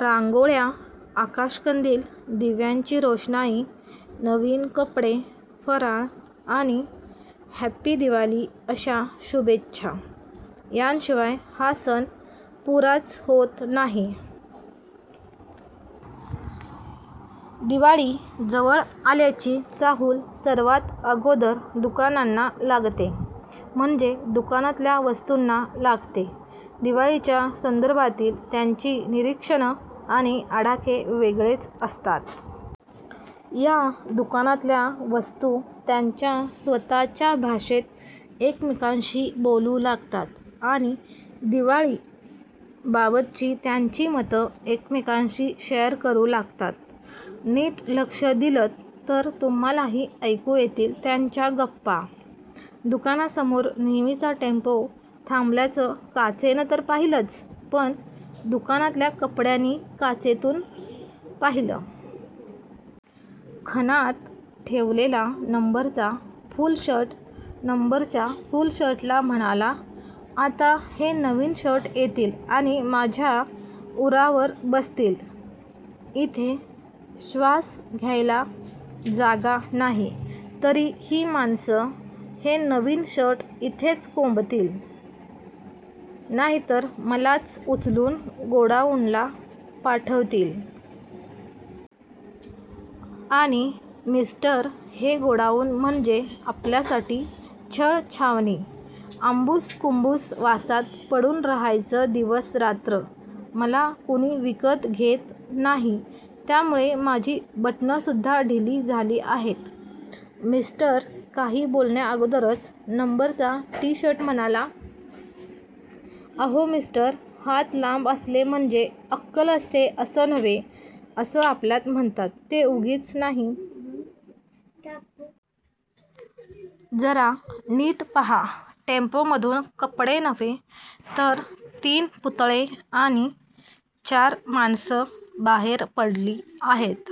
रांगोळ्या, आकाशकंदील, दिव्यांची रोषणाई, नवीन कपडे, फराळ आणि 'हॅपी दिवाली' अशा शुभेच्छा… यांशिवाय हा सण पुराच होत नाही. दिवाळी जवळ आल्याची चाहूल सर्वांत अगोदर दुकानांना लागते, म्हणजे दुकानातल्या वस्तूंना लागते. दिवाळीच्या संदर्भातील त्यांची निरीक्षणं आणि आडाखे वेगळेच असतात. या दुकानातल्या वस्तू त्यांच्या स्वतःच्या भाषेत एकमेकांशी बोलू लागतात... आणि 'दिवाळी'बाबतची त्यांची मतं एकमेकांशी शेअर करू लागतात. नीट लक्ष दिलंत तर तुम्हांलाही ऐकू येतील त्यांच्या गप्पा...! दुकानासमोर नेहमीचा टेम्पो थांबल्याचं काचेनं तर पाहिलंच, पण दुकानातल्या कपड्यांनी काचेतून पाहिलं. खणात ठेवलेला नंबरचा फुलशर्ट, नंबरच्या फुलशर्टला म्हणाला, "आता हे नवीन शर्ट येतील आणि माझ्या उरावर बसतील. इथे श्वास घ्यायला जागा नाही, तरी ही माणसं हे नवीन शर्ट इथेच कोंबतील, नाहीतर मलाच उचलून गोडाऊनला पाठवतील. आणि मिस्टर, हे गोडाऊन म्हणजे आपल्यासाठी छळछावणी. आंबुस-कुंबूस वासात पडून राहायचं दिवस-रात्र! मला कुणी विकत घेत नाही, त्यामुळे माझी बटणंसुद्धा ढिली झाली आहेत. " मिस्टर काही बोलण्याअगोदरच नंबरचा टीशर्ट म्हणाला, "अहो मिस्टर, 'हात लांब असले म्हणजे अक्कल असते असं नव्हे' असं आपल्यात म्हणतात ते उगीच नाही. जरा नीट पाहा. टेम्पोमधून कपडे नव्हे, तर तीन पुतळे आणि चार माणसं बाहेर पडली आहेत.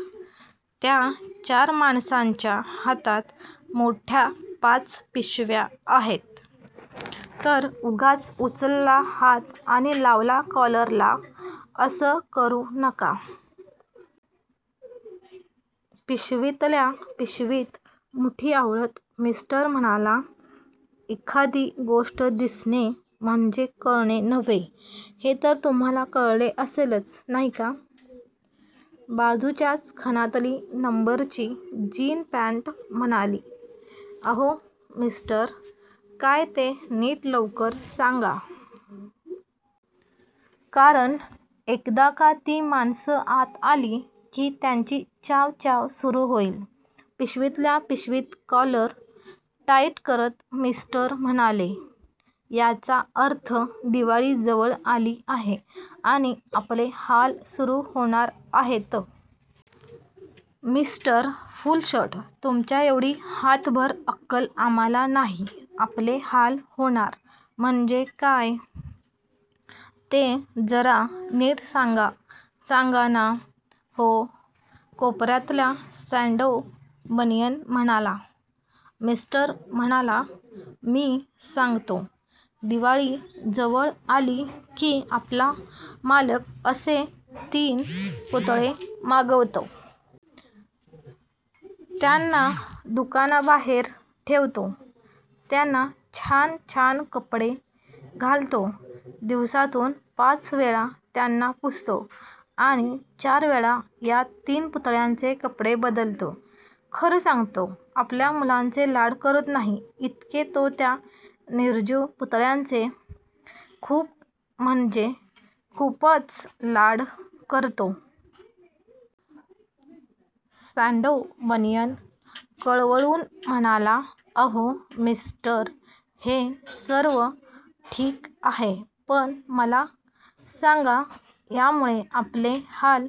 त्या चार माणसांच्या हातात मोठ्या पाच पिशव्या आहेत. तर.. 'उगाच उचलला हात आणि लावला कॉलरला' असं करू नका. " पिशवीतल्या पिशवीत मुठी आवळत मिस्टर म्हणाला, "'एखादी गोष्ट दिसणे म्हणजे कळणे नव्हे' हे तर तुम्हांला कळले असेलच नाही का? " बाजूच्याच खणातली नंबरची जीन पॅण्ट म्हणाली, "अहो मिस्टर, काय ते नीट लवकर सांगा. कारण एकदा का ती माणसं आत आली की, त्यांची च्याँव च्याँव सुरू होईल. " पिशवीतल्या पिशवीत कॉलर टाइट करत मिस्टर म्हणाले, "याचा अर्थ दिवाळी जवळ आली आहे आणि आपले हाल सुरू होणार आहेत.. " "मिस्टर फुलशर्ट, तुमच्याएवढी हातभर अक्कल आम्हांला नाही. 'आपले हाल होणार म्हणजे काय? ' ते जरा नीट सांगा ना हो.. " कोपर्यातला सॅण्डो बनियन म्हणाला. मिस्टर म्हणाला, "मी सांगतो. दिवाळी जवळ आली की, आपला मालक असे तीन पुतळे मागवतो. त्यांना दुकानाबाहेर ठेवतो. त्यांना छान छान कपडे घालतो. दिवसातून पाच वेळा त्यांना पुसतो आणि चार वेळा या तीन पुतळ्यांचे कपडे बदलतो. खरं सांगतो, आपल्या मुलांचे लाड करत नाही इतके तो त्या निर्जीव पुतळ्यांचे खूप म्हणजे खूपच लाड करतो. " सॅण्डो बनियन कळवळून म्हणाला, "अहो मिस्टर, हे सर्व ठीक आहे. पण मला सांगा, यामुळे आपले हाल